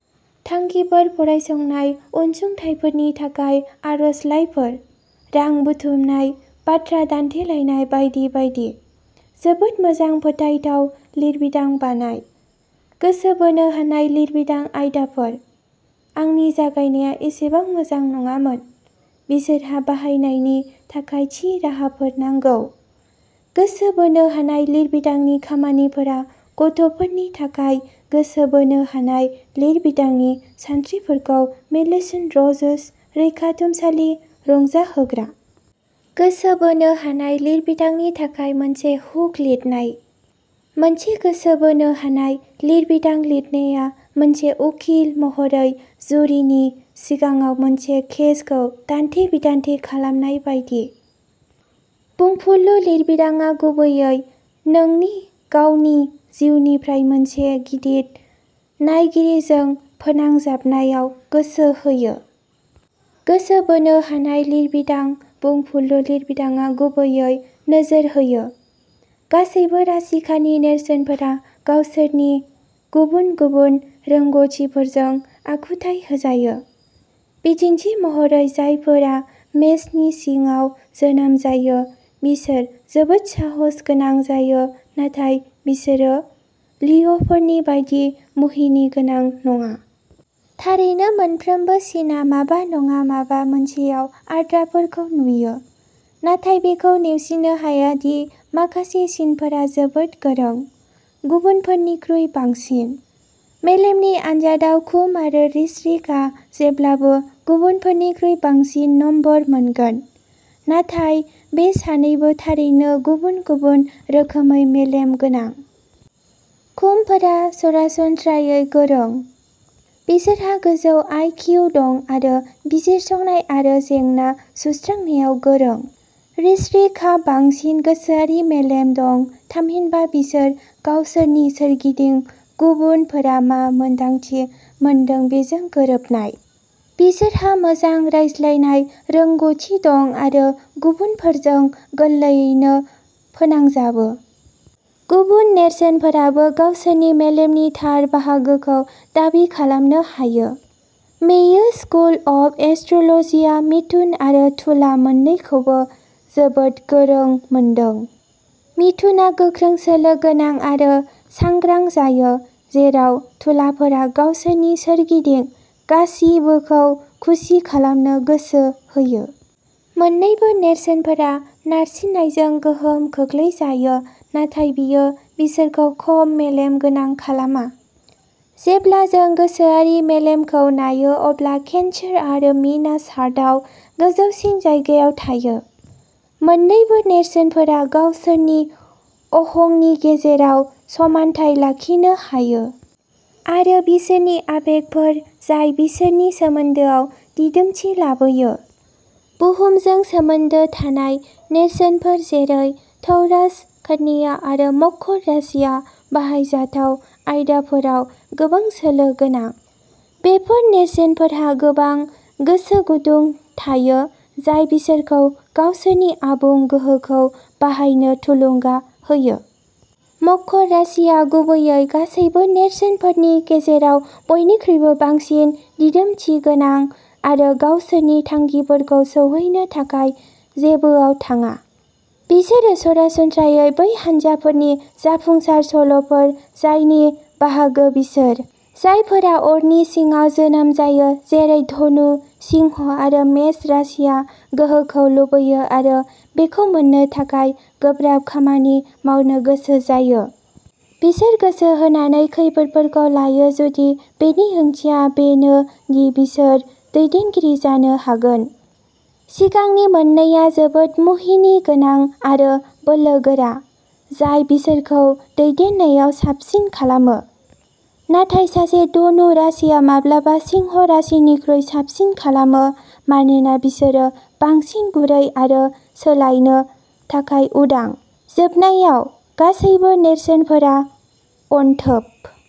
थांखिफोर फरायसंनाय अनसुंथाइफोरनि थाखाय आर'जलाइफोर, रां बुथुमनाय, बाथ्रा दान्थेलायनाय बायदि बायदि। जोबोद मोजां फोथायथाव लिरबिदां बानाय। गोसो बोनो हानाय लिरबिदां आयदाफोर। आंनि जागायनाया एसेबां मोजां नङामोन। बिसोरहा बाहायनायनि थाखाय थि राहाफोर नांगौ। गोसो बोनो हानाय लिरबिदांनि खामानिफोरा गथ'फोरनि थाखाय गोसो बोनो हानाय लिरबिदांनि सानस्रिफोरखौ मिलिसेन्ट रजार्स रैखाथुमसालि रंजाहोग्रा। गोसो बोनो हानाय लिरबिदांनि थाखाय मोनसे हुक लिरनाय। मोनसे गोसो बोनो हानाय लिरबिदां लिरनाया मोनसे उखिल महरै जुरिनि सिगाङाव मोनसे केसखौ दान्थे-बिदान्थे खालामनाय बायदि। बुंफुरलु लिरबिदांआ गुबैयै नोंनि गावनि जिउनिफ्राय मोनसे गिदिर नायगिरिजों फोनांजाबनायाव गोसो होयो। गोसो बोनो हानाय लिरबिदां बुंफुरलु लिरबिदांआ गुबैयै नोजोर होयो। गासैबो राशिकानि नेरसोनफोरा गावसोरनि गुबुन-गुबुन रोंग'थिफोरजों आखुथाइ होजायो। बिदिन्थि महरै जायफोरा मेषनि सिङाव जोनोम जायो बिसोर जोबोद साहसगोनां जायो नाथाय बिसोरो लिअ'फोरनि बायदि मुहिनिगोनां नङा। थारैनो मोनफ्रोमबो सिनआ माबा नङा माबा मोनसेयाव आद्राफोरखौ नुयो। नाथाय बेखौ नेवसिनो हाया दि माखासे सिनफोरा जोबोद गोरों। गुबुनफोरनिख्रुइ बांसिन। मेलेमनि आन्जादआव कुम्भ आरो वृश्रिकआ जेब्लाबो गुबुनफोरनिख्रुइ बांसिन नम्बर मोनगोन। नाथाय बे सानैबो थारैनो गुबुन गुबुन रोखोमै मेलेम गोनां। कुम्भ'फोरा सरासनस्रायै गोरों। बिसोरहा गोजौ आइ. किउ. दं आरो बिजिरसंनाय आरो जेंना सुस्रांनायाव गोरों। वृश्रिकफोरहा बांसिन गोसोआरि मेलेम दं थामहिनबा बिसोर गावसोरनि सोरगिदिं गुबुनफोरा मा मोन्दांथि मोनदों बेजों गोरोबनाय। बिसोरहा मोजां रायज्लायनाय रोंग'थि दं आरो गुबुनफोरजों गोरलैयैनो फोनांजाबो। गुबुन नेरसोनफोराबो गावसोरनि मेलेमनि थार बाहागोखौ दाबि खालामनो हायो। मेयो स्कुल अफ एस्ट्र'ल'जिआ मिथुन आरो तुला मोननैखौबो जोबोद गोरों मोनदों। मिथुनआ गोख्रै सोलो गोनां आरो सांग्रां जायो जेराव तुलाफोरा गावसोरनि सोरगिदिं गासिबोखौ खुसि खालामनो गोसो होयो। मोननैबो नेरसोनफोरा नारसिननायजों गोहोम खोख्लैजायो नाथाय बेयो बिसोरखौ खम मेलेम गोनां खालामा। जेब्ला जों गोसोआरि मेलेमखौ नायो अब्ला केन्सार आरो मीनआ सार्टआव गोजौसिन जायगायाव थायो। मोननैबो नेरसोनफोरा गावसोरनि अहंनि गेजेराव समानथाय लाखिनो हायो। आरो बिसोरनि आबेगफोर जाय बिसोरनि सोमोन्दोआव दिदोमथि लाबोयो। बुहुमजों सोमोन्दो थानाय नेरसोनफोर जेरै टौरास, कन्या आरो मकर राशिया बाहायजाथाव आयदाफोराव गोबां सोलो गोनां। बेफोर नेरसोनफोरहा गोबां गोसो गुदुं थायो जाय बिसोरखौ गावसोरनि आबुं गोहोखौ बाहायनो थुलुंगा होयो। मकर राशिया गुबैयै गासैबो नेरसोनफोरनि गेजेराव बयनिख्रुइबो बांसिन दिदोमथि गोनां आरो गावसोरनि थांखिफोरखौ सौहैनो थाखाय जेबोआव थाङा। बिसोरो सरासनस्रायै बै हानजाफोरनि जाफुंसार सल'फोर जायनि बाहागो बिसोर, जायफोरा अरनि सिङाव जोनोम जायो जेरै धनु, सिंह आरो मेष राशिया गोहोखौ लुबैयो आरो बेखौ मोननो थाखाय गोब्राब खामानि मावनो गोसो जायो। बिसोर गोसो होनानै खैफोदफोरखौ लायो जुदि बेनि ओंथिया बेनो दि बिसोर दैदेनगिरि जानो हागोन। सिगांनि मोननैआ जोबोद मुहिनिगोनां आरो बोलोगोरा, जाय बिसोरखौ दैदेननायाव साबसिन खालामो। नाथाय सासे धनु राशिया माब्लाबा सिंह राशिनिख्रुइ साबसिन खालामो मानोना बिसोरो बांसिन गुरै आरो सोलायनो थाखाय उदां। जोबनायाव, गासैबो नेरसोनफोरा अनथोब।